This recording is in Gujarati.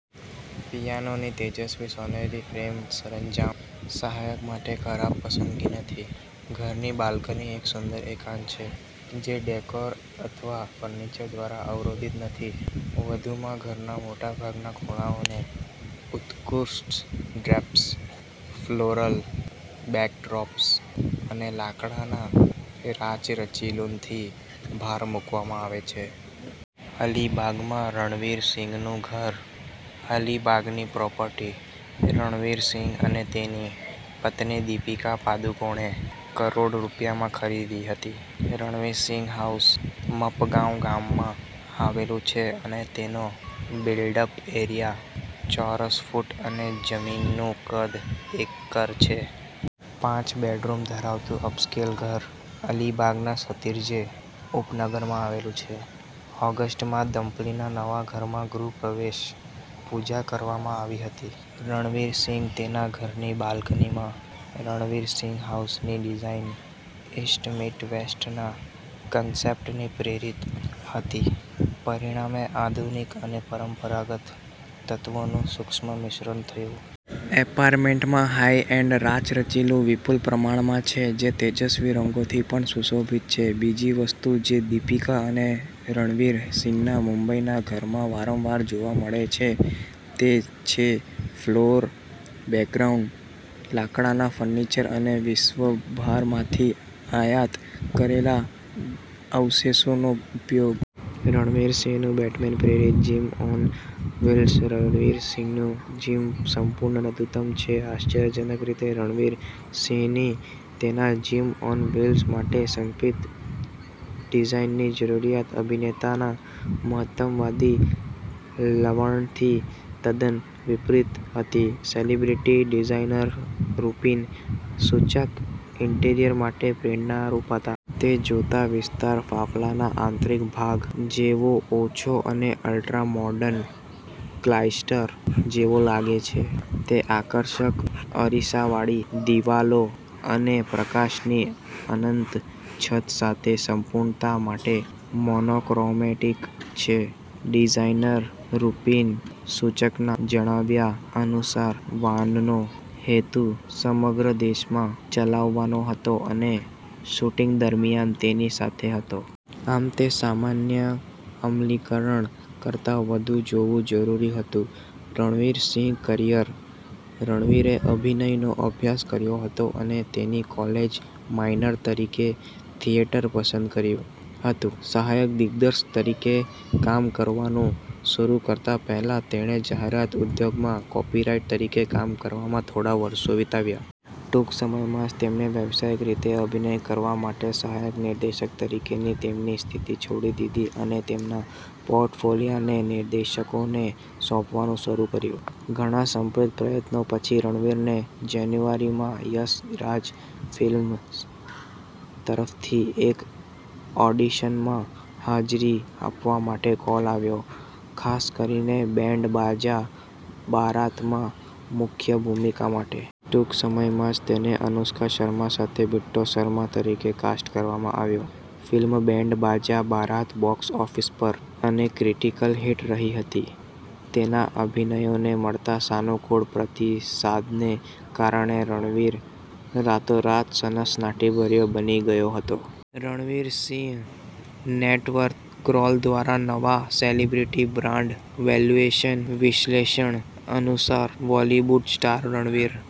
પિયાનોની તેજસ્વી સોનેરી ફ્રેમ સરંજામ સહાયક માટે ખરાબ પસંદગી નથી. ઘરની બાલ્કની એક સુંદર એકાંત છે, જે ડેકોર અથવા ફર્નિચર દ્વારા અવરોધિત નથી. વધુમાં, ઘરના મોટાભાગના ખૂણાઓને ઉત્કૃષ્ટ ડ્રેપ્સ, ફ્લોરલ બેકડ્રોપ્સ અને લાકડાના રાચરચીલુંથી ભાર મૂકવામાં આવે છે. અલીબાગમાં રણવીર સિંહનું ઘર. અલીબાગની પ્રોપર્ટી રણવીર સિંહ અને તેની પત્ની દીપિકા પાદુકોણે કરોડ રૂપિયામાં ખરીદી હતી. રણવીર સિંઘ હાઉસ મપગાંવ ગામમાં આવેલું છે અને તેનો બિલ્ટ-અપ એરિયા ચોરસ ફૂટ અને જમીનનું કદ એકર છે. પાંચ બેડરૂમ ધરાવતું અપસ્કેલ ઘર અલીબાગના સતીર્જે ઉપનગરમાં આવેલું છે. ઓગસ્ટ માં દંપતીના નવા ઘરમાં ગૃહ પ્રવેશ પૂજા કરવામાં આવી હતી. રણવીર સિંહ તેના ઘરની બાલ્કનીમાં. રણવીર સિંઘ હાઉસની ડિઝાઈન ઈસ્ટ મીટ વેસ્ટના કન્સેપ્ટથી પ્રેરિત હતી, પરિણામે આધુનિક અને પરંપરાગત તત્વોનું સૂક્ષ્મ મિશ્રણ થયું. અપાર્ટમેન્ટમાં હાઇ-એન્ડ રાચરચીલું વિપુલ પ્રમાણમાં છે, જે તેજસ્વી રંગોથી પણ સુશોભિત છે. બીજી વસ્તુ જે દીપિકા અને રણવીર સિંહના મુંબઈના ઘરમાં વારંવાર જોવા મળે છે તે છે ફ્લોરલ બેકગ્રાઉન્ડ, લાકડાના ફર્નિચર અને વિશ્વભરમાંથી આયાત કરાયેલા અવશેષોનો ઉપયોગ. રણવીર સિંહનું બેટમેન-પ્રેરિત જીમ ઓન વ્હીલ્સ. રણવીર સિંહનું જીમ સંપૂર્ણ લઘુત્તમ છે. આશ્ચર્યજનક રીતે, રણવીર સિંહની તેના જીમ ઓન વ્હીલ્સ માટે સંક્ષિપ્ત ડિઝાઇનની જરૂરિયાત અભિનેતાના મહત્તમવાદી વલણથી તદ્દન વિપરીત હતી. Celebrity designer Rupin Suchak interior માટે પ્રેરણારૂપ હતા. તે જોતાં, વિસ્તાર કાફલાના આંતરિક ભાગ જેવો ઓછો અને અલ્ટ્રામોડર્ન ક્લાઇસ્ટર જેવો લાગે છે. તે આકર્ષક અરીસાવાળી દિવાલો અને પ્રકાશની અનંત છત સાથે સંપૂર્ણતા માટે મોનોક્રોમેટિક છે. ડિઝાઇનર રુપિન સુચકના જણાવ્યા અનુસાર, વાનનો હેતુ સમગ્ર દેશમાં ચલાવવાનો હતો અને શૂટિંગ દરમિયાન તેની સાથે હતો. આમ, તે સામાન્ય અમલીકરણ કરતાં વધુ હોવું જરૂરી હતું. રણવીર સિંહ કરિયર. રણવીરે અભિનયનો અભ્યાસ કર્યો હતો અને તેની કોલેજ માઇનર તરીકે થિયેટર પસંદ કર્યું હતું. સહાયક દિગ્દર્શક તરીકે કામ કરવાનું શરૂ કરતા પહેલા, તેણે જાહેરાત ઉદ્યોગમાં કોપીરાઈટર તરીકે કામ કરવામાં થોડા વર્ષો વિતાવ્યા. ટૂંક સમયમાં જ, તેમણે વ્યવસાયિક રીતે અભિનય કરવા માટે સહાયક નિર્દેશક તરીકેની તેમની સ્થિતિ છોડી દીધી અને તેમના પોર્ટફોલિયોને નિર્દેશકોને સોંપવાનું શરૂ કર્યું. ઘણા સમર્પિત પ્રયત્નો પછી, રણવીરને જાન્યુઆરી માં યશ રાજ ફિલ્મ્સ તરફથી એક ઓડિશનમાં હાજરી આપવા માટે કોલ આવ્યો, ખાસ કરીને બેન્ડ બાજા બારાતમાં મુખ્ય ભૂમિકા માટે. ટૂંક સમયમાં જ, તેને અનુષ્કા શર્મા સાથે બિટ્ટો શર્મા તરીકે કાસ્ટ કરવામાં આવ્યો. Film band Baaja Baaraat box office પર અને ક્રિટિકલ હિટ રહી હતી. તેના અભિનયને મળતા સાનુકૂળ પ્રતિસાદને કારણે રણવીર રાતોરાત સનસનાટીભર્યો બની ગયો હતો. Ranveer Singh net worth. ક્રોલ દ્વારા નવા સેલિબ્રિટી બ્રાન્ડ વેલ્યુએશન વિશ્લેષણ અનુસાર, બોલિવૂડ સ્ટાર રણવીર